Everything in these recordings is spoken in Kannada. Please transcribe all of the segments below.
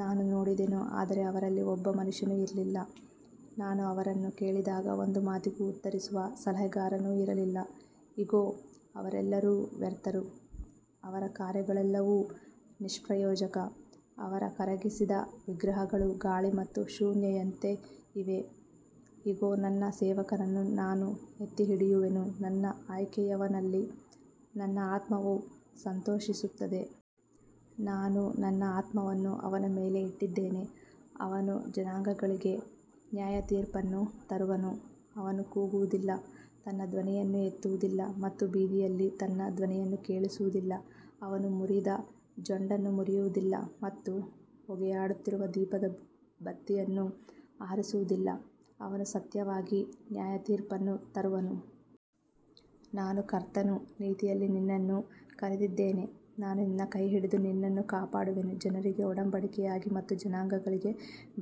ನಾನು ನೋಡಿದೆನು, ಆದರೆ ಅವರಲ್ಲಿ ಒಬ್ಬ ಮನುಷ್ಯನೂ ಇರಲಿಲ್ಲ. ನಾನು ಅವರನ್ನು ಕೇಳಿದಾಗ ಒಂದು ಮಾತಿಗೂ ಉತ್ತರಿಸುವ ಸಲಹೆಗಾರನೂ ಇರಲಿಲ್ಲ. ಇಗೋ, ಅವರೆಲ್ಲರೂ ವ್ಯರ್ಥರು. ಅವರ ಕಾರ್ಯಗಳೆಲ್ಲವೂ ನಿಷ್ಪ್ರಯೋಜಕ. ಅವರ ಕರಗಿಸಿದ ವಿಗ್ರಹಗಳು ಗಾಳಿ ಮತ್ತು ಶೂನ್ಯತೆಯಂತಿವೆ. ಇಗೋ, ನನ್ನ ಸೇವಕನನ್ನು ನಾನು ಎತ್ತಿಹಿಡಿಯುವೆನು. ನನ್ನ ಆಯ್ಕೆಯವನಲ್ಲಿ ನನ್ನ ಆತ್ಮವು ಸಂತೋಷಿಸುತ್ತದೆ. ನಾನು ನನ್ನ ಆತ್ಮವನ್ನು ಅವನ ಮೇಲೆ ಇಟ್ಟಿದ್ದೇನೆ. ಅವನು ಜನಾಂಗಗಳಿಗೆ ನ್ಯಾಯತೀರ್ಪನ್ನು ತರುವನು. ಅವನು ಕೂಗುವುದಿಲ್ಲ, ತನ್ನ ಧ್ವನಿಯನ್ನು ಎತ್ತುವುದಿಲ್ಲ ಮತ್ತು ಬೀದಿಯಲ್ಲಿ ತನ್ನ ಧ್ವನಿಯನ್ನು ಕೇಳಿಸುವುದಿಲ್ಲ. ಅವನು ಮುರಿದ ಜೊಂಡನ್ನು ಮುರಿಯುವುದಿಲ್ಲ ಮತ್ತು ಹೊಗೆಯಾಡುತ್ತಿರುವ ದೀಪದ ಬತ್ತಿಯನ್ನು ಆರಿಸುವುದಿಲ್ಲ. ಅವನು ಸತ್ಯವಾಗಿ ನ್ಯಾಯತೀರ್ಪನ್ನು ತರುವನು. ನಾನು ಕರ್ತನು, ನೀತಿಯಲ್ಲಿ ನಿನ್ನನ್ನು ಕರೆದಿದ್ದೇನೆ. ನಾನು ನಿನ್ನ ಕೈ ಹಿಡಿದು ನಿನ್ನನ್ನು ಕಾಪಾಡುವೆನು. ಜನರಿಗೆ ಒಡಂಬಡಿಕೆಯಾಗಿ ಮತ್ತು ಜನಾಂಗಗಳಿಗೆ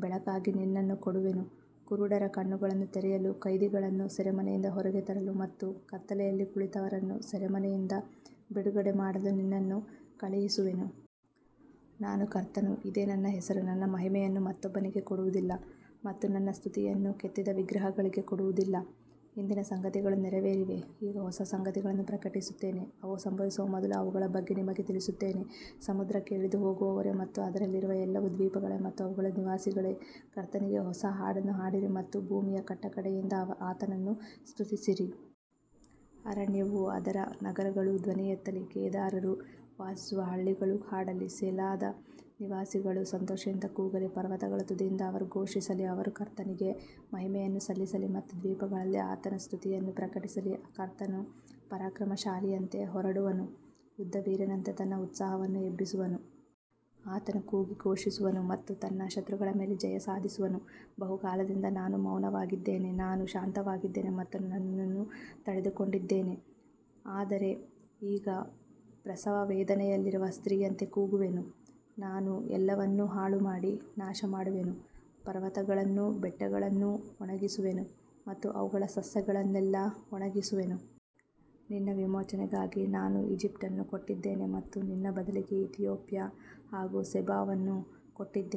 ಬೆಳಕಾಗಿ ನಿನ್ನನ್ನು ಕೊಡುವೆನು. ಕುರುಡರ ಕಣ್ಣುಗಳನ್ನು ತೆರೆಯಲು, ಕೈದಿಗಳನ್ನು ಸೆರೆಮನೆಯಿಂದ ಹೊರಗೆ ತರಲು ಮತ್ತು ಕತ್ತಲೆಯಲ್ಲಿ ಕುಳಿತವರನ್ನು ಸೆರೆಮನೆಯಿಂದ ಬಿಡುಗಡೆ ಮಾಡಲು ನಿನ್ನನ್ನು ಕಳುಹಿಸುವೆನು. ನಾನು ಕರ್ತನು, ಇದೇ ನನ್ನ ಹೆಸರು. ನನ್ನ ಮಹಿಮೆಯನ್ನು ಮತ್ತೊಬ್ಬನಿಗೆ ಕೊಡುವುದಿಲ್ಲ ಮತ್ತು ನನ್ನ ಸ್ತುತಿಯನ್ನು ಕೆತ್ತಿದ ವಿಗ್ರಹಗಳಿಗೆ ಕೊಡುವುದಿಲ್ಲ. ಹಿಂದಿನ ಸಂಗತಿಗಳು ನೆರವೇರಿವೆ. ಈಗ ಹೊಸ ಸಂಗತಿಗಳನ್ನು ಪ್ರಕಟಿಸುತ್ತೇನೆ. ಅವು ಸಂಭವಿಸುವ ಮೊದಲು ಅವುಗಳ ಬಗ್ಗೆ ನಿಮಗೆ ತಿಳಿಸುತ್ತೇನೆ. ಸಮುದ್ರಕ್ಕೆ ಇಳಿದು ಹೋಗುವವರೇ ಮತ್ತು ಅದರಲ್ಲಿರುವ ಎಲ್ಲವೂ, ದ್ವೀಪಗಳೇ ಮತ್ತು ಅವುಗಳ ನಿವಾಸಿಗಳೇ, ಕರ್ತನಿಗೆ ಹೊಸ ಹಾಡನ್ನು ಹಾಡಿರಿ ಮತ್ತು ಭೂಮಿಯ ಕಟ್ಟಕಡೆಯಿಂದ ಆತನನ್ನು ಸ್ತುತಿಸಿರಿ. ಅರಣ್ಯವೂ ಅದರ ನಗರಗಳೂ ಧ್ವನಿ ಎತ್ತಲಿ. ಕೇದಾರರು ವಾಸಿಸುವ ಹಳ್ಳಿಗಳೂ ಹಾಡಲಿ. ಸೆಲಾದ ನಿವಾಸಿಗಳು ಸಂತೋಷದಿಂದ ಕೂಗಲಿ. ಪರ್ವತಗಳ ತುದಿಯಿಂದ ಅವರು ಘೋಷಿಸಲಿ. ಅವರು ಕರ್ತನಿಗೆ ಮಹಿಮೆಯನ್ನು ಸಲ್ಲಿಸಲಿ ಮತ್ತು ದ್ವೀಪಗಳಲ್ಲಿ ಆತನ ಸ್ತುತಿಯನ್ನು ಪ್ರಕಟಿಸಲಿ. ಕರ್ತನು ಪರಾಕ್ರಮಶಾಲಿಯಂತೆ ಹೊರಡುವನು. ಯುದ್ಧವೀರನಂತೆ ತನ್ನ ಉತ್ಸಾಹವನ್ನು ಎಬ್ಬಿಸುವನು. ಆತನು ಕೂಗಿ ಘೋಷಿಸುವನು ಮತ್ತು ತನ್ನ ಶತ್ರುಗಳ ಮೇಲೆ ಜಯ ಸಾಧಿಸುವನು. ಬಹುಕಾಲದಿಂದ ನಾನು ಮೌನವಾಗಿದ್ದೇನೆ. ನಾನು ಶಾಂತವಾಗಿದ್ದೇನೆ ಮತ್ತು ನನ್ನನ್ನು ತಡೆದುಕೊಂಡಿದ್ದೇನೆ. ಆದರೆ ಈಗ ಪ್ರಸವವೇದನೆಯಲ್ಲಿರುವ ಸ್ತ್ರೀಯಂತೆ ಕೂಗುವೆನು. ನಾನು ಎಲ್ಲವನ್ನೂ ಹಾಳುಮಾಡಿ ನಾಶಮಾಡುವೆನು. ಪರ್ವತಗಳನ್ನೂ ಬೆಟ್ಟಗಳನ್ನೂ ಒಣಗಿಸುವೆನು ಮತ್ತು ಅವುಗಳ ಸಸ್ಯಗಳನ್ನೆಲ್ಲ ಒಣಗಿಸುವೆನು. ನಿನ್ನ ವಿಮೋಚನೆಗಾಗಿ ನಾನು ಈಜಿಪ್ಟನ್ನು ಕೊಟ್ಟಿದ್ದೇನೆ ಮತ್ತು ನಿನ್ನ ಬದಲಿಗೆ ಇಥಿಯೋಪ್ಯಾ ಹಾಗೂ ಸೆಬಾವನ್ನು ಕೊಟ್ಟಿದ್ದೇನೆ.